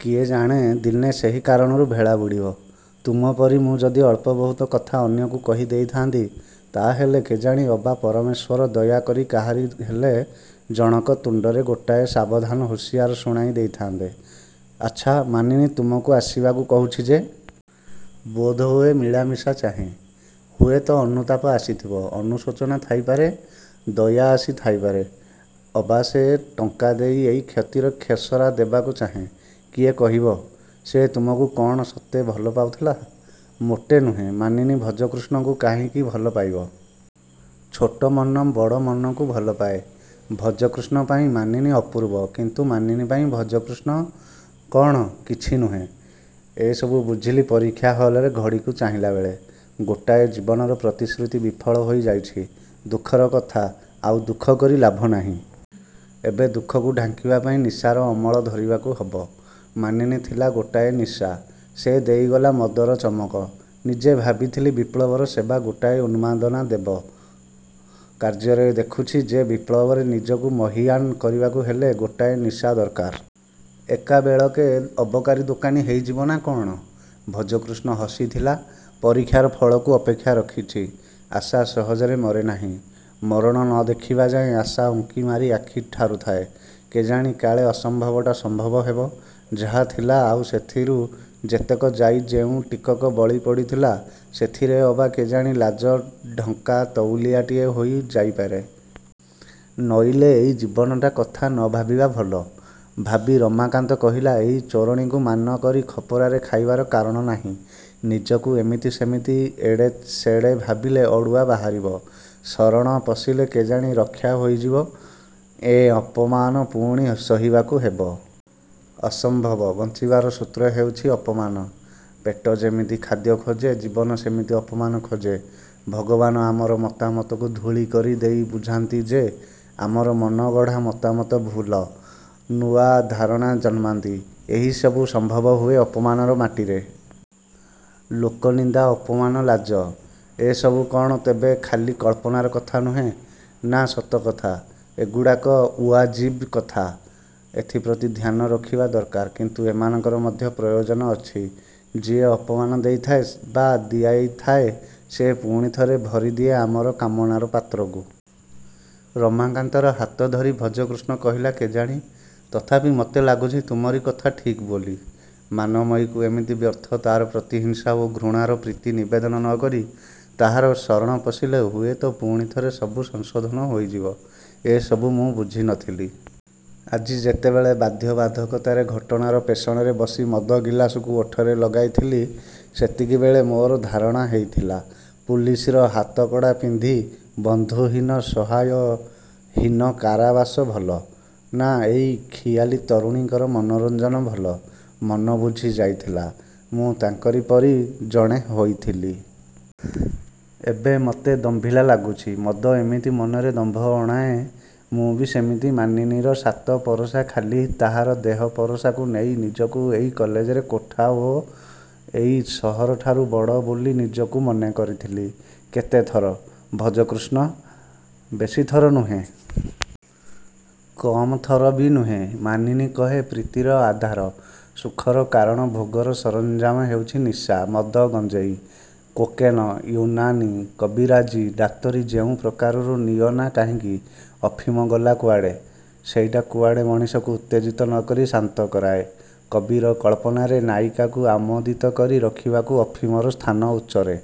କିଏ ଜାଣେ ଦିନେ ସେହି କାରଣରୁ ଭେଳା ବୁଡ଼ିବ। ତୁମପରି ମୁଁ ଯଦି ଅଳ୍ପ ବହୁତ କଥା ଅନ୍ୟକୁ କହି ଦେଇଥାନ୍ତି ତା ହେଲେ କେଜାଣି ଅବା ପରମେଶ୍ୱର ଦୟା କରି କାହାରି ହେଲେ ଜଣକ ତୁଣ୍ଡରେ ଗୋଟାଏ-ସାବଧାନ-ହୁସିଆର-ଶୁଣାଇ ଦେଇଥାନ୍ତେ। -ଆଚ୍ଛା, ମାନିନୀ ତୁମକୁ ଆସିବାକୁ କହୁଛି ଯେ। -ବୋଧହୁଏ ମିଳାମିଶା ଚାହେଁ। ହୁଏ ତ ଅନୁତାପ ଆସିଥିବ। ଅନୁଶୋଚନା ଥାଇ ପାରେ। ଦୟା ଆସି ଥାଇ ପାରେ। ଅବାସେ ଟଙ୍କା ଦେଇ ଏଇ କ୍ଷତିର ଖେସରା ଦେବାକୁ ଚାହେଁ-କିଏ କହିବ? -ସେ ତୁମକୁ କ'ଣ ସତେ ଭଲ ପାଉଥିଲା? -ମୋଟେ ନୁହେଁ। ମାନିନୀ ଭଜକୃଷ୍ଣଙ୍କୁ କାହିଁକି ଭଲ ପାଇବ? ଛୋଟ ମନ ବଡ଼ ମନକୁ ଭଲପାଏ। ଭଜକୃଷ୍ଣ ପାଇଁ ମାନିନୀ ଅପୂର୍ବ-କିନ୍ତୁ ମାନିନୀ ପାଇଁ ଭଜକୃଷ୍ଣ। କ'ଣ? -କିଛି ନୁହେଁ। ଏସବୁ ବୁଝିଲି ପରୀକ୍ଷା ହଲରେ ଘଡ଼ିକୁ ଚାହିଁଲା ବେଳେ। ଗୋଟାଏ ଜୀବନର ପ୍ରତିଶ୍ରୁତି ବିଫଳ ହୋଇ ଯାଇଛି। -ଦୁଃଖର କଥା। -ଆଉ ଦୁଃଖ କରି ଲାଭ ନାହିଁ। ଏବେ ଦୁଃଖକୁ ଢାଙ୍କିବା ପାଇଁ ନିଶାର ଅମଳ ଧରିବାକୁ ହବ। ମାନିନୀ ଥିଲା ଗୋଟାଏ ନିଶା। ସେ ଦେଇଗଲା ମଦର ଚମକ। ନିଜେ ଭାବିଥିଲି ବିପ୍ଳବର ସେବା ଗୋଟାଏ ଉନ୍ମାଦନା ଦେବ। କାର୍ଯ୍ୟରେ ଦେଖୁଛି ଯେ ବିପ୍ଳବରେ ନିଜକୁ ମହୀୟାନ୍ କରିବାକୁ ହେଲେ ଗୋଟାଏ ନିଶା ଦରକାର। -ଏକାବେଳକେ ଅବକାରୀ ଦୋକାନୀ ହେଇଯିବ ନା କ'ଣ? ଭଜକୃଷ୍ଣ ହସିଥିଲା-ପରୀକ୍ଷାର ଫଳକୁ ଅପେକ୍ଷା ରଖିଛି। ଆଶା ସହଜରେ ମରେ ନାହିଁ। ମରଣ ନ ଦେଖିବା ଯାଏ ଆଶା ଉଙ୍କି ମାରି ଆଖି ଠାରୁ ଥାଏ। କେଜାଣି କାଳେ ଅସମ୍ଭବଟା ସମ୍ଭବ ହେବ। ଯାହାଥିଲା-ଆଉ ସେଥିରୁ ଯେତେକ ଯାଇ ଯେଉଁ ଟିକକ ବଳି ପଡ଼ିଥିଲା-ସେଥିରେ ଅବା କେଜାଣି ଲାଜ-ଢଙ୍କା ତଉଲିଆଟିଏ ହୋଇ ଯାଇପାରେ। ନଇଲେ ଏଇ ଜୀବନଟା କଥା ନ ଭାବିବା ଭଲ। ଭାବି ରମାକାନ୍ତ କହିଲା-ଏଇ ଚୋରଣୀକୁ ମାନ କରି ଖପରାରେ ଖାଇବାର କାରଣ ନାହିଁ। ନିଜକୁ ଏମିତି-ସେମିତି, ଏଡ଼େ-ସେଡ଼େ ଭାବିଲେ ଅଡ଼ୁଆ ବାହାରିବ। ଶରଣ ପଶିଲେ କେଜାଣି ରକ୍ଷା ହୋଇଯିବ। -ଏଁ ଅପମାନ ପୁଣି ସହିବାକୁ ହେବ? ଅସମ୍ଭବ। -ବଞ୍ଚିବାର ସୂତ୍ର ହେଉଛି ଅପମାନ। ପେଟ ଯେମିତି ଖାଦ୍ୟ ଖୋଜେ, ଜୀବନ ସେମିତି ଅପମାନ ଖୋଜେ। ଭଗବାନ ଆମର ମତାମତକୁ ଧୂଳି କରି ଦେଇ ବୁଝାନ୍ତି ଯେ, ଆମର ମନଗଢ଼ା ମତାମତ ଭୁଲ। ନୂଆ ଧାରଣା ଜନ୍ମାନ୍ତି। ଏହିସବୁ ସମ୍ଭବ ହୁଏ ଅପମାନର ମାଟିରେ। -ଲୋକନିନ୍ଦା-ଅପମାନ-ଲାଜ? ଏସବୁ କ'ଣ ତେବେ ଖାଲି କଳ୍ପନାର କଥା ନୁହେଁ। -ନା, ସତକଥା। ଏଗୁଡ଼ାକ ଉଆଜିବ୍ କଥା। ଏଥିପ୍ରତି ଧ୍ୟାନ ରଖିବା ଦରକାର। କିନ୍ତୁ ଏମାନଙ୍କର ମଧ୍ୟ ପ୍ରୟୋଜନ ଅଛି। ଯିଏ ଅପମାନ ଦେଇଥାଏ ବା ଦିଆଇ ଥାଏ, ସେ ପୁଣି ଥରେ ଭରିଦିଏ ଆମର କାମନାର ପାତ୍ରକୁ। ରମାକାନ୍ତର ହାତ ଧରି ଭଜକୃଷ୍ଣ କହିଲା-କେଜାଣି? ତଥାପି ମତେ ଲାଗୁଛି ତୁମରି କଥା ଠିକ୍ ବୋଲି। ମାନମୟୀକୁ ଏମିତି ବ୍ୟର୍ଥ-ତାର ପ୍ରତିହିଂସା ଓ ଘୃଣାର ପ୍ରୀତି-ନିବେଦନ ନ କରି ତାହାର ଶରଣ ପଶିଲେ ହୁଏ ତ ପୁଣି ଥରେ ସବୁ ସଂଶୋଧନ ହୋଇଯିବ। -ଏ ସବୁ ମୁଁ ବୁଝି ନ ଥିଲି। ଆଜି ଯେତେବେଳେ ବାଧ୍ୟ-ବାଧକତାରେ ଘଟଣାର ପେଷଣରେ ବସି ମଦ ଗିଲାସକୁ ଓଠରେ ଲଗାଇଥିଲି ସେତିକି ବେଳେ ମୋର ଧାରଣା ହେଇଥିଲା। -ପୁଲିସର ହାତକଡ଼ା ପିନ୍ଧି ବନ୍ଧୁହୀନ ସହାୟ-ହୀନ କାରାବାସ ଭଲ? ନା-ଏଇ ଖିଆଲି ତରୁଣୀଙ୍କର ମନୋରଞ୍ଜନ ଭଲ? -ମନ ବୁଝି ଯାଇଥିଲା। ମୁଁ ତାଙ୍କରି ପରି ଜଣେ ହୋଇଥିଲି। ଏବେ ମତେ ଦମ୍ଭିଲା ଲାଗୁଛି। -ମଦ ଏମିତି ମନରେ ଦମ୍ଭ ଅଣାଏ। ମୁଁ ବି ସେମିତି ମାନିନୀର ସାତ-ପରସା ଖାଲି ତାହାର ଦେହ-ପରସାକୁ ନେଇ ନିଜକୁ ଏଇ କଲେଜର କୋଠା ଓ ଏଇ ସହରଠାରୁ ବଡ଼ ବୋଲି ନିଜକୁ ମନେ କରିଥିଲି। -କେତେଥର? ଭଜକୃଷ୍ଣ? -ବେଶି ଥର ନୁହେଁ। କମ୍ ଥର ବି ନୁହେଁ। ମାନିନୀ କହେ-ପ୍ରୀତିର ଆଧାର, ସୁଖର କାରଣ ଭୋଗର ସରଞ୍ଜାମ ହେଉଛି ନିଶା-ମଦ, ଗଞ୍ଜେଇ, କୋକେନ,-ୟୁନାନୀ, କବିରାଜି, ଡାକ୍ତରୀ ଯେଉଁ ପ୍ରକାରରୁ ନିଅନା କାହିଁକି -ଅଫିମ ଗଲା କୁଆଡ଼େ? -ସେଇଟା କୁଆଡ଼େ ମଣିଷକୁ ଉତ୍ତେଜିତ ନ କରି ଶାନ୍ତ କରାଏ। କବିର କଳ୍ପନାରେ ନାୟିକାକୁ ଆମୋଦିତ କରି ରଖିବାକୁ ଅଫିମର ସ୍ଥାନ ଉଚ୍ଚରେ।